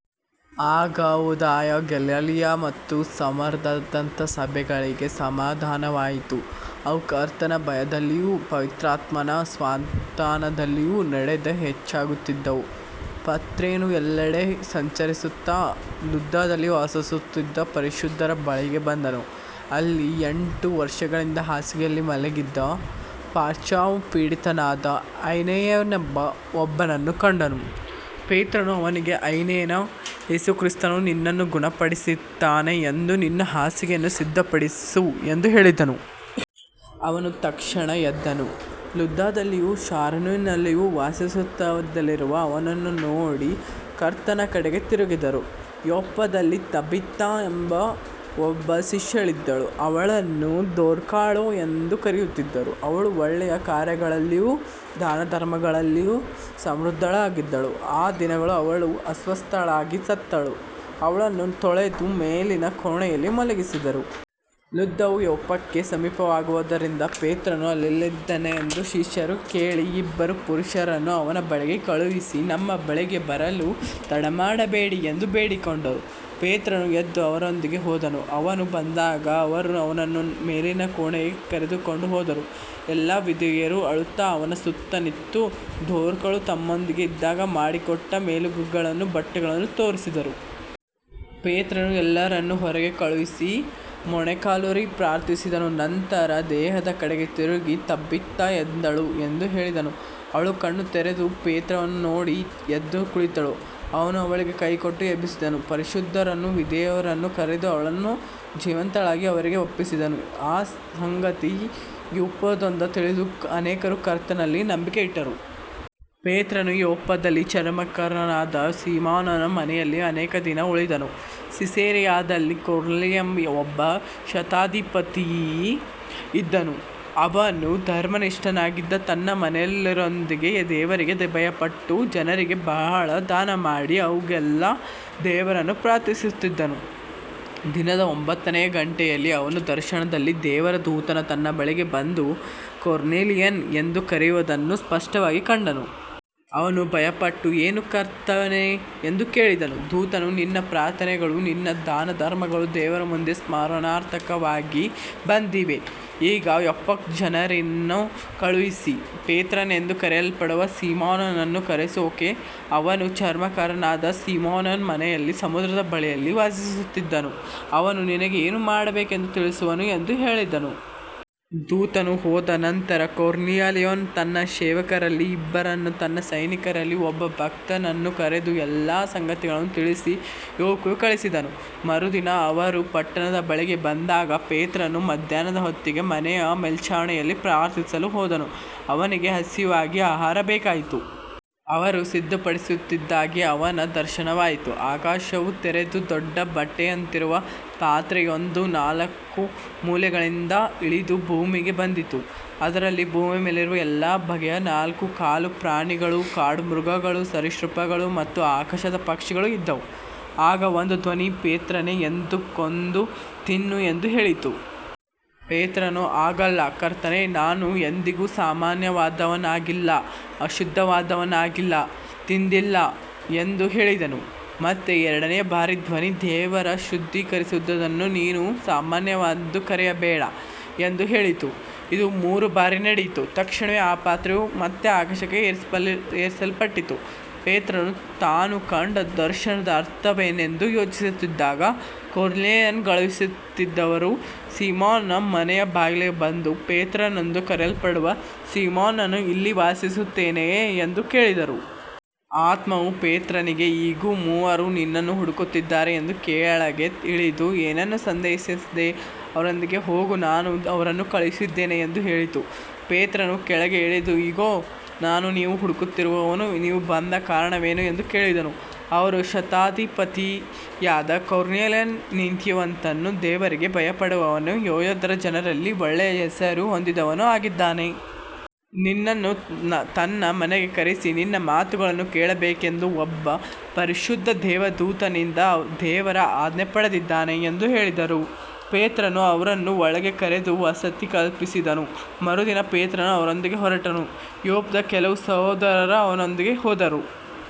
ಆಗ ಯೂದಾಯ, ಗಲಿಲಾಯ ಮತ್ತು ಸಮಾರ್ಯದಾದ್ಯಂತ ಸಭೆಗಳಿಗೆ ಸಮಾಧಾನವಾಯಿತು. ಅವು ಕರ್ತನ ಭಯದಲ್ಲಿಯೂ ಪವಿತ್ರಾತ್ಮನ ಸಾಂತ್ವನದಲ್ಲಿಯೂ ನಡೆದು ಹೆಚ್ಚಾಗುತ್ತಿದ್ದವು. ಪೇತ್ರನು ಎಲ್ಲೆಡೆ ಸಂಚರಿಸುತ್ತಾ ಲುದ್ದದಲ್ಲಿ ವಾಸಿಸುತ್ತಿದ್ದ ಪರಿಶುದ್ಧರ ಬಳಿಗೆ ಬಂದನು. ಅಲ್ಲಿ ಎಂಟು ವರ್ಷಗಳಿಂದ ಹಾಸಿಗೆಯಲ್ಲಿ ಮಲಗಿದ್ದ ಪಾರ್ಶ್ವವಾಯುಪೀಡಿತನಾದ ಐನೇಯನೆಂಬ ಒಬ್ಬನನ್ನು ಕಂಡನು. ಪೇತ್ರನು ಅವನಿಗೆ, ಐನೇಯನೇ, ಯೇಸುಕ್ರಿಸ್ತನು ನಿನ್ನನ್ನು ಗುಣಪಡಿಸುತ್ತಾನೆ, ಎದ್ದು ನಿನ್ನ ಹಾಸಿಗೆಯನ್ನು ಸಿದ್ಧಪಡಿಸು ಎಂದು ಹೇಳಿದನು. ಅವನು ತಕ್ಷಣ ಎದ್ದನು. ಲುದ್ದದಲ್ಲಿಯೂ ಶಾರೋನಿನಲ್ಲಿಯೂ ವಾಸಿಸುತ್ತಿದ್ದವರೆಲ್ಲರೂ ಅವನನ್ನು ನೋಡಿ ಕರ್ತನ ಕಡೆಗೆ ತಿರುಗಿದರು. ಯೊಪ್ಪದಲ್ಲಿ ತಬಿಥಾ ಎಂಬ ಒಬ್ಬ ಶಿಷ್ಯಳಿದ್ದಳು, ಅವಳನ್ನು ದೋರ್ಕಳೂ ಎಂದು ಕರೆಯುತ್ತಿದ್ದರು. ಅವಳು ಒಳ್ಳೆಯ ಕಾರ್ಯಗಳಲ್ಲಿಯೂ ದಾನಧರ್ಮಗಳಲ್ಲಿಯೂ ಸಮೃದ್ಧಳಾಗಿದ್ದಳು. ಆ ದಿನಗಳಲ್ಲಿ ಅವಳು ಅಸ್ವಸ್ಥಳಾಗಿ ಸತ್ತಳು. ಅವಳನ್ನು ತೊಳೆದು ಮೇಲಿನ ಕೋಣೆಯಲ್ಲಿ ಮಲಗಿಸಿದರು. ಲುದ್ದವು ಯೊಪ್ಪಕ್ಕೆ ಸಮೀಪವಾಗಿದ್ದುದರಿಂದ, ಪೇತ್ರನು ಅಲ್ಲಿದ್ದಾನೆಂದು ಶಿಷ್ಯರು ಕೇಳಿ, ಇಬ್ಬರು ಪುರುಷರನ್ನು ಅವನ ಬಳಿಗೆ ಕಳುಹಿಸಿ, ನಮ್ಮ ಬಳಿಗೆ ಬರಲು ತಡಮಾಡಬೇಡ ಎಂದು ಬೇಡಿಕೊಂಡರು. ಪೇತ್ರನು ಎದ್ದು ಅವರೊಂದಿಗೆ ಹೋದನು. ಅವನು ಬಂದಾಗ ಅವರು ಅವನನ್ನು ಮೇಲಿನ ಕೋಣೆಗೆ ಕರೆದುಕೊಂಡು ಹೋದರು. ಎಲ್ಲಾ ವಿಧವೆಯರೂ ಅಳುತ್ತಾ ಅವನ ಸುತ್ತ ನಿಂತು, ದೋರ್ಕಳು ತಮ್ಮೊಂದಿಗೆ ಇದ್ದಾಗ ಮಾಡಿಕೊಟ್ಟ ಮೇಲಂಗಿಗಳನ್ನೂ ಬಟ್ಟೆಗಳನ್ನೂ ತೋರಿಸಿದರು. ಪೇತ್ರನು ಎಲ್ಲರನ್ನೂ ಹೊರಗೆ ಕಳುಹಿಸಿ ಮೊಣಕಾಲೂರಿ ಪ್ರಾರ್ಥಿಸಿದನು. ನಂತರ ದೇಹದ ಕಡೆಗೆ ತಿರುಗಿ, ತಬಿಥಾ, ಎದ್ದೇಳು ಎಂದು ಹೇಳಿದನು. ಅವಳು ಕಣ್ಣು ತೆರೆದು ಪೇತ್ರನನ್ನು ನೋಡಿ ಎದ್ದು ಕುಳಿತಳು. ಅವನು ಅವಳಿಗೆ ಕೈಕೊಟ್ಟು ಎಬ್ಬಿಸಿದನು. ಪರಿಶುದ್ಧರನ್ನೂ ವಿಧವೆಯರನ್ನೂ ಕರೆದು ಅವಳನ್ನು ಜೀವಂತಳಾಗಿ ಅವರಿಗೆ ಒಪ್ಪಿಸಿದನು. ಈ ಸಂಗತಿ ಯೊಪ್ಪಾದ್ಯಂತ ತಿಳಿದು ಅನೇಕರು ಕರ್ತನಲ್ಲಿ ನಂಬಿಕೆ ಇಟ್ಟರು. ಪೇತ್ರನು ಯೊಪ್ಪದಲ್ಲಿ ಚರ್ಮಕಾರನಾದ ಸೀಮೋನನ ಮನೆಯಲ್ಲಿ ಅನೇಕ ದಿನ ಉಳಿದನು. ಸಿಸೇರಿಯಾದಲ್ಲಿ ಕೊರ್ನೇಲಿಯನೆಂಬ ಒಬ್ಬ ಶತಾಧಿಪತಿ ಇದ್ದನು. ಅವನು ಧರ್ಮನಿಷ್ಠನಾಗಿದ್ದು ತನ್ನ ಮನೆಯವರೆಲ್ಲರೊಂದಿಗೆ ದೇವರಿಗೆ ಭಯಪಟ್ಟು, ಜನರಿಗೆ ಬಹಳ ದಾನಮಾಡಿ, ಯಾವಾಗಲೂ ದೇವರನ್ನು ಪ್ರಾರ್ಥಿಸುತ್ತಿದ್ದನು. ದಿನದ ಒಂಬತ್ತನೆಯ ಗಂಟೆಯಲ್ಲಿ ಅವನು ದರ್ಶನದಲ್ಲಿ ದೇವರ ದೂತನು ತನ್ನ ಬಳಿಗೆ ಬಂದು, ಕೊರ್ನೇಲಿಯನೇ ಎಂದು ಕರೆಯುವುದನ್ನು ಸ್ಪಷ್ಟವಾಗಿ ಕಂಡನು. ಅವನು ಭಯಪಟ್ಟು, ಏನು ಕರ್ತನೇ ಎಂದು ಕೇಳಿದನು. ದೂತನು, ನಿನ್ನ ಪ್ರಾರ್ಥನೆಗಳೂ ನಿನ್ನ ದಾನಧರ್ಮಗಳೂ ದೇವರ ಮುಂದೆ ಸ್ಮರಣಾರ್ಥವಾಗಿ ಬಂದಿವೆ. ಈಗ ಯೊಪ್ಪಕ್ಕೆ ಜನರನ್ನು ಕಳುಹಿಸಿ, ಪೇತ್ರನೆಂದು ಕರೆಯಲ್ಪಡುವ ಸೀಮೋನನನ್ನು ಕರೆಸಿಕೊ. ಅವನು ಚರ್ಮಕಾರನಾದ ಸೀಮೋನನ ಮನೆಯಲ್ಲಿ ಸಮುದ್ರದ ಬಳಿಯಲ್ಲಿ ವಾಸಿಸುತ್ತಿದ್ದಾನೆ. ಅವನು ನಿನಗೆ ಏನು ಮಾಡಬೇಕೆಂದು ತಿಳಿಸುವನು ಎಂದು ಹೇಳಿದನು. ದೂತನು ಹೋದ ನಂತರ ಕೊರ್ನೇಲಿಯನು ತನ್ನ ಸೇವಕರಲ್ಲಿ ಇಬ್ಬರನ್ನೂ ತನ್ನ ಸೈನಿಕರಲ್ಲಿ ಒಬ್ಬ ಭಕ್ತನನ್ನೂ ಕರೆದು, ಎಲ್ಲ ಸಂಗತಿಗಳನ್ನು ತಿಳಿಸಿ ಯೊಪ್ಪಕ್ಕೆ ಕಳುಹಿಸಿದನು. ಮರುದಿನ ಅವರು ಪಟ್ಟಣದ ಬಳಿಗೆ ಬಂದಾಗ ಪೇತ್ರನು ಮಧ್ಯಾಹ್ನದ ಹೊತ್ತಿಗೆ ಮನೆಯ ಮೇಲ್ಚಾವಣಿಯಲ್ಲಿ ಪ್ರಾರ್ಥಿಸಲು ಹೋದನು. ಅವನಿಗೆ ಹಸಿವಾಗಿ ಆಹಾರ ಬೇಕಾಯಿತು. ಅವರು ಸಿದ್ಧಪಡಿಸುತ್ತಿದ್ದಾಗ ಅವನಿಗೆ ದರ್ಶನವಾಯಿತು. ಆಕಾಶವು ತೆರೆದು, ದೊಡ್ಡ ಬಟ್ಟೆಯಂತಿರುವ ಪಾತ್ರೆಯೊಂದು ನಾಲ್ಕು ಮೂಲೆಗಳಿಂದ ಇಳಿದು ಭೂಮಿಗೆ ಬಂದಿತು. ಅದರಲ್ಲಿ ಭೂಮಿಯ ಮೇಲಿರುವ ಎಲ್ಲಾ ಬಗೆಯ ನಾಲ್ಕುಕಾಲು ಪ್ರಾಣಿಗಳು, ಕಾಡುಮೃಗಗಳು, ಸರೀಸೃಪಗಳು ಮತ್ತು ಆಕಾಶದ ಪಕ್ಷಿಗಳು ಇದ್ದವು. ಆಗ ಒಂದು ಧ್ವನಿ, ಪೇತ್ರನೇ, ಎದ್ದು ಕೊಂದು ತಿನ್ನು ಎಂದು ಹೇಳಿತು. ಪೇತ್ರನು, ಹಾಗಲ್ಲ ಕರ್ತನೇ, ನಾನು ಎಂದಿಗೂ ಸಾಮಾನ್ಯವಾದದ್ದನ್ನಾಗಲಿ ಅಶುದ್ಧವಾದದ್ದನ್ನಾಗಲಿ ತಿಂದಿಲ್ಲ ಎಂದು ಹೇಳಿದನು. ಮತ್ತೆ ಎರಡನೆಯ ಬಾರಿ ಧ್ವನಿ, ದೇವರು ಶುದ್ಧೀಕರಿಸಿದುದನ್ನು ನೀನು ಸಾಮಾನ್ಯವೆಂದು ಕರೆಯಬೇಡ ಎಂದು ಹೇಳಿತು. ಇದು ಮೂರು ಬಾರಿ ನಡೆಯಿತು. ತಕ್ಷಣವೇ ಆ ಪಾತ್ರೆಯು ಮತ್ತೆ ಆಕಾಶಕ್ಕೆ ಏರಿಸಲ್ಪಟ್ಟಿತು. ಪೇತ್ರನು ತಾನು ಕಂಡ ದರ್ಶನದ ಅರ್ಥವೇನೆಂದು ಯೋಚಿಸುತ್ತಿದ್ದಾಗ, ಕೊರ್ನೇಲಿಯನು ಕಳುಹಿಸಿದ್ದವರು ಸೀಮೋನನ ಮನೆಯ ಬಾಗಿಲಿಗೆ ಬಂದು, ಪೇತ್ರನೆಂದು ಕರೆಯಲ್ಪಡುವ ಸೀಮೋನನು ಇಲ್ಲಿ ವಾಸಿಸುತ್ತಾನೆಯೇ ಎಂದು ಕೇಳಿದರು. ಆತ್ಮವು ಪೇತ್ರನಿಗೆ, ಇಗೋ, ಮೂವರು ನಿನ್ನನ್ನು ಹುಡುಕುತ್ತಿದ್ದಾರೆ. ಎದ್ದು ಕೆಳಗೆ ಇಳಿದು, ಏನನ್ನೂ ಸಂದೇಹಿಸದೆ ಅವರೊಂದಿಗೆ ಹೋಗು, ನಾನೇ ಅವರನ್ನು ಕಳುಹಿಸಿದ್ದೇನೆ ಎಂದು ಹೇಳಿತು. ಪೇತ್ರನು ಕೆಳಗೆ ಇಳಿದು, ಇಗೋ, ನಾನು ನೀವು ಹುಡುಕುತ್ತಿರುವವನು. ನೀವು ಬಂದ ಕಾರಣವೇನು ಎಂದು ಕೇಳಿದನು. ಅವರು, ಶತಾಧಿಪತಿಯಾದ ಕೊರ್ನೇಲಿಯನು ನೀತಿವಂತನೂ ದೇವರಿಗೆ ಭಯಪಡುವವನೂ ಯೆಹೂದ್ಯರ ಜನರಲ್ಲಿ ಒಳ್ಳೆಯ ಹೆಸರು ಹೊಂದಿದವನೂ ಆಗಿದ್ದಾನೆ. ನಿನ್ನನ್ನು ತನ್ನ ಮನೆಗೆ ಕರೆಸಿ ನಿನ್ನ ಮಾತುಗಳನ್ನು ಕೇಳಬೇಕೆಂದು ಒಬ್ಬ ಪರಿಶುದ್ಧ ದೇವದೂತನಿಂದ ದೇವರ ಆಜ್ಞೆ ಪಡೆದಿದ್ದಾನೆ ಎಂದು ಹೇಳಿದರು. ಪೇತ್ರನು ಅವರನ್ನು ಒಳಗೆ ಕರೆದು ವಸತಿ ಕಲ್ಪಿಸಿದನು. ಮರುದಿನ ಪೇತ್ರನು ಅವರೊಂದಿಗೆ ಹೊರಟನು. ಯೊಪ್ಪದ ಕೆಲವು ಸಹೋದರರೂ ಅವನೊಂದಿಗೆ ಹೋದರು.